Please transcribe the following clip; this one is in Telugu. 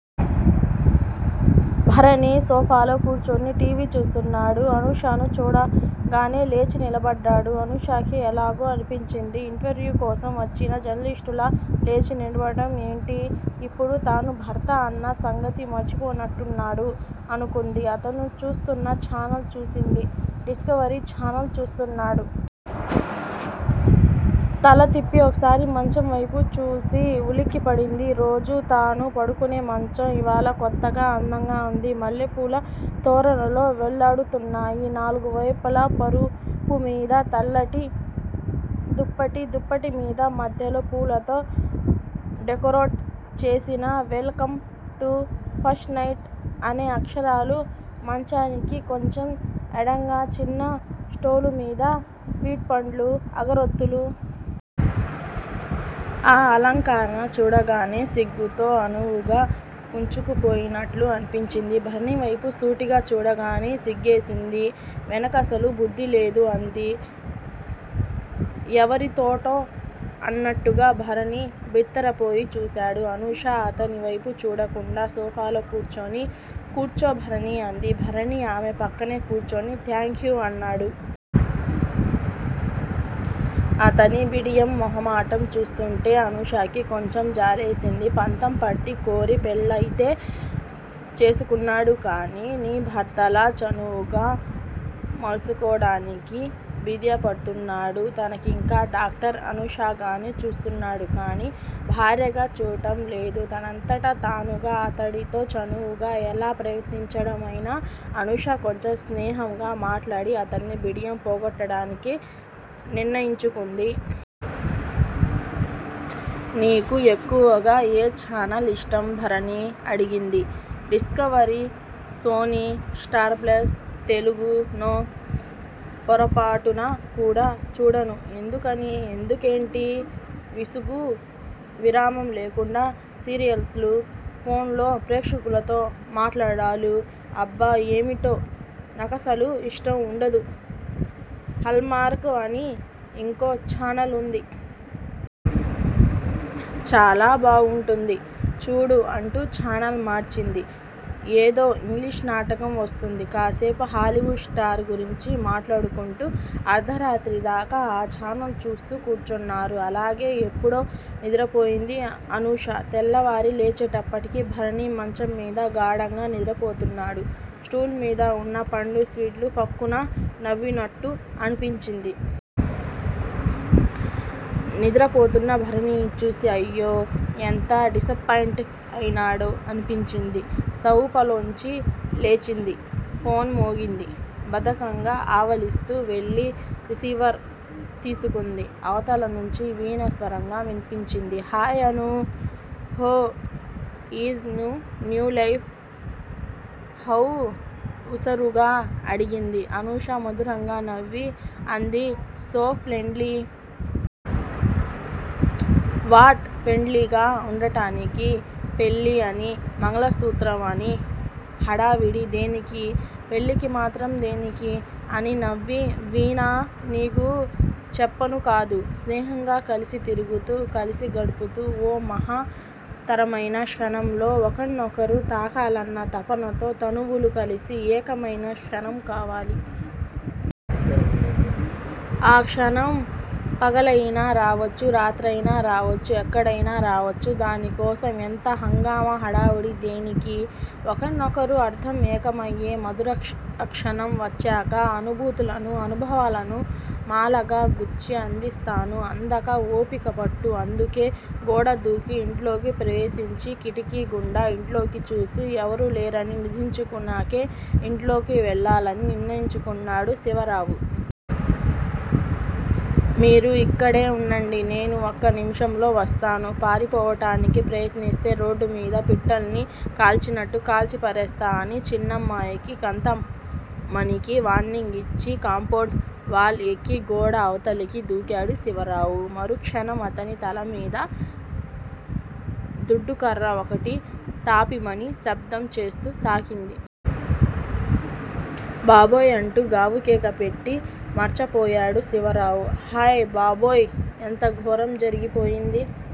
భరణి, సోఫాలో కూర్చుని టీ. వీ చూస్తున్నాడు. అనూషను చూడగానే లేచి నిలబడ్డాడు. అనూషకి ఎలాగో అనిపించింది. ఇంటర్య్వూ కోసం వచ్చిన జర్నలిస్టులా లేచి నిలబడటం ఏంటి? ఇప్పుడు తను భర్త అన్న సంగతి మర్చిపోతున్నట్టున్నాడు అనుకుంది. అతను చూస్తున్న ఛానల్ చూసింది. డిస్కవరీ ఛానల్ చూస్తున్నాడు. తలతిప్పి ఒక్కసారి మంచం వైపుచూసి ఉలిక్కిపడింది. రోజూ తను పడుకునే మంచం ఇవాళ కొత్తగా, అందంగా వుంది. మల్లెపూల తోరణాలు వెళ్ళాడుతున్నాయి నాలుగువైపులా. పరుపుమీద తల్లటి దుప్పటి. దుప్పటి మీద మద్యలో పూలతో డికోరేట్ చేసిన welcome to first night అనే అక్షరాలు మంచానికి కొంచెం ఎడంగా చిన్న స్టూలుమీద స్వీట్స్, పండ్లు, అగరొత్తులు. ఆ అలంకరణ చూడగానే సిగ్గుతో అణువణువూ కుంచించుకుపోయినట్టు అనిపించి. భరణి వైపు సూటిగా చూడగానే సిగ్గేసింది. వీణకసలు బుద్దిలేదు అంది ఎవరితోటో అన్నట్టుగా. భరణి భిత్తరపోయి చూశాడు. అనూష అతని వైపు చూడకుండా సోపాలో కూర్చుని. కూర్చో భరణీ! అంది. భరణి ఆమె పక్కనే కూర్చుని- థాంక్యూ అన్నాడు. అతని బిడియం, మొహమాటం చూస్తుంటే అనూషకి కొంచెం జాలేసింది. పంతంపట్టి, కోరి పెళ్ళయితే చేసుకున్నాడుకానీ, ఓ భార్తలా చనువుగా మసులుకోడానికి బిదియపడుతున్నాడు. తనకింకా డాక్టర్ అనూషగానే చూస్తున్నాడు కానీ, భార్యగా చూడడంలేదు. తనంతట తానుగా అతడితో చనువుగా ఎలా ప్రవర్తించడం? అయినా అనూష కొంచెం స్నేహంగా మాట్లాడి, అతని బిడియం పొగొట్టడానికి నిర్ణయించుకుంది. నీకు ఎక్కువగా ఎ చానల్ ఇష్టం భరణీ అడిగింది. Discovery, Sony, Star Plus Telugu no! పొరపాటున కూడా చూడను ఎందుకని? ఎందుకేంటి? విసుగూ, విరామం లేకుండా సీరియల్సు, ఫోనులో ప్రేక్షకులతో మాట్లాడడాలు అబ్బ ఏమిటో నాకసలు యిష్టం వుండదు. హల్ మార్క్ అని ఇంకో ఛానల్ వుంది. చాలా బాగుంటుంది చూడు అంటూ ఛానల్ మార్చింది. ఏదో ఇంగ్లీషు నాటకం వస్తోంది. కాసేపు హాలీవుడ్ స్టార్స్ గురించి మాట్లాడకుంటూ, అర్దరాత్రిదాకా ఆ ఛానల్ చూస్తూ కూర్చూన్నారు. అలాగే ఎప్పుడో నిద్రపోయింది అనూష. తెల్లవారి లేచేటప్పటికి భరణి మంచంమీద గాడంగా నిద్రపోతున్నాడు. స్టూలుమీద వున్న పండ్లు, స్వీట్స్ ఫక్కున నవ్వినట్టు అనిపించింది. నిద్రపోతున్న భరణిని చూసి అయ్యో! ఎంత డిసపాయింట్ అయినాడో అనిపించింది. సావుపలోంచి లేచింది. ఫోన్ మోగింది. బదకంగా ఆవలిస్తూ వెళ్ళి రిసీవర్ తీసుకుంది. అవతల నుంచి వీణ స్వరం వినిపించింది. Hi Anu! How is new life? హౌ ఉశారుగా అడిగింది. అనూష మధురంగా నవ్వి అంది సో ప్రెండ్లీ. వాట్? ప్రెండ్లీ గా వుండటానికి పెళ్ళి అని, మంగళసూత్రం అనీ ఈ హడావిడి దేనికి? పెళ్ళికి మాత్రం దేనికి? అని నవ్వి వీణా! నీకు చెప్పానుకదూ! స్నేహంగా కలసి తిరుగుతూ, కలసి గడుపుతూ ఓ మహా త్తరమైన క్షణంలో ఒకనొకరు తాకాలన్న తపనతో తనువులు కలసి, ఏకమైన క్షణం కావాలి. ఆ క్షణం పగలయినా రావచ్చు, రాత్రియిన రావచ్చు. ఎక్కడయినా రావచ్చు. దానికోసం ఎంత హంగామా, హాడావిడి దేనికి? ఒకరికొకరు అర్ధమై, ఏకమయ్ మధురక్ష క్షణం వచ్చాక అనుభూతులను, అనుభవాలను మాలగా గుచ్చి అందిస్తాను. అందాకా ఓపికపట్టు. అందుకే గోడదూకి ఇంట్లోకి ప్రవేశించి కిటికిగుండా ఇంట్లోకి చూసి ఎవరూలేరని నిర్ధారించుకున్నాకే ఇంట్లోకి వెళ్ళాలని నిర్ణయించుకున్నాడు శివరావు. మీరు ఇక్కడే ఉండండి నేను ఒక్క నిముషంలో వస్తాను. పారిపోవడానికి ప్రయత్నిస్తే రోడ్డు మీదే పిట్టల్ని కాల్చినట్టు కాల్చిపారేస్తా అని చిన్నమ్మాయికి, కాంతామణికి వార్నింగ్ ఇచ్చి కాంపౌండ్ వాల్ ఎక్కి గోడ అవతలకి దూకాడు శివరావు. మరుక్షణం అతని తలమీద దుడ్డుకర్ర ఒకటి తాపిమని శబ్దం చేస్తూ తాకింది. 'బాబోయ్' అంటూ గావుకేక పెట్టి మర్చపోయాడు శివరావు. హయ్ బాబోయ్ ఎంత ఘోరం జరిగిపోయింది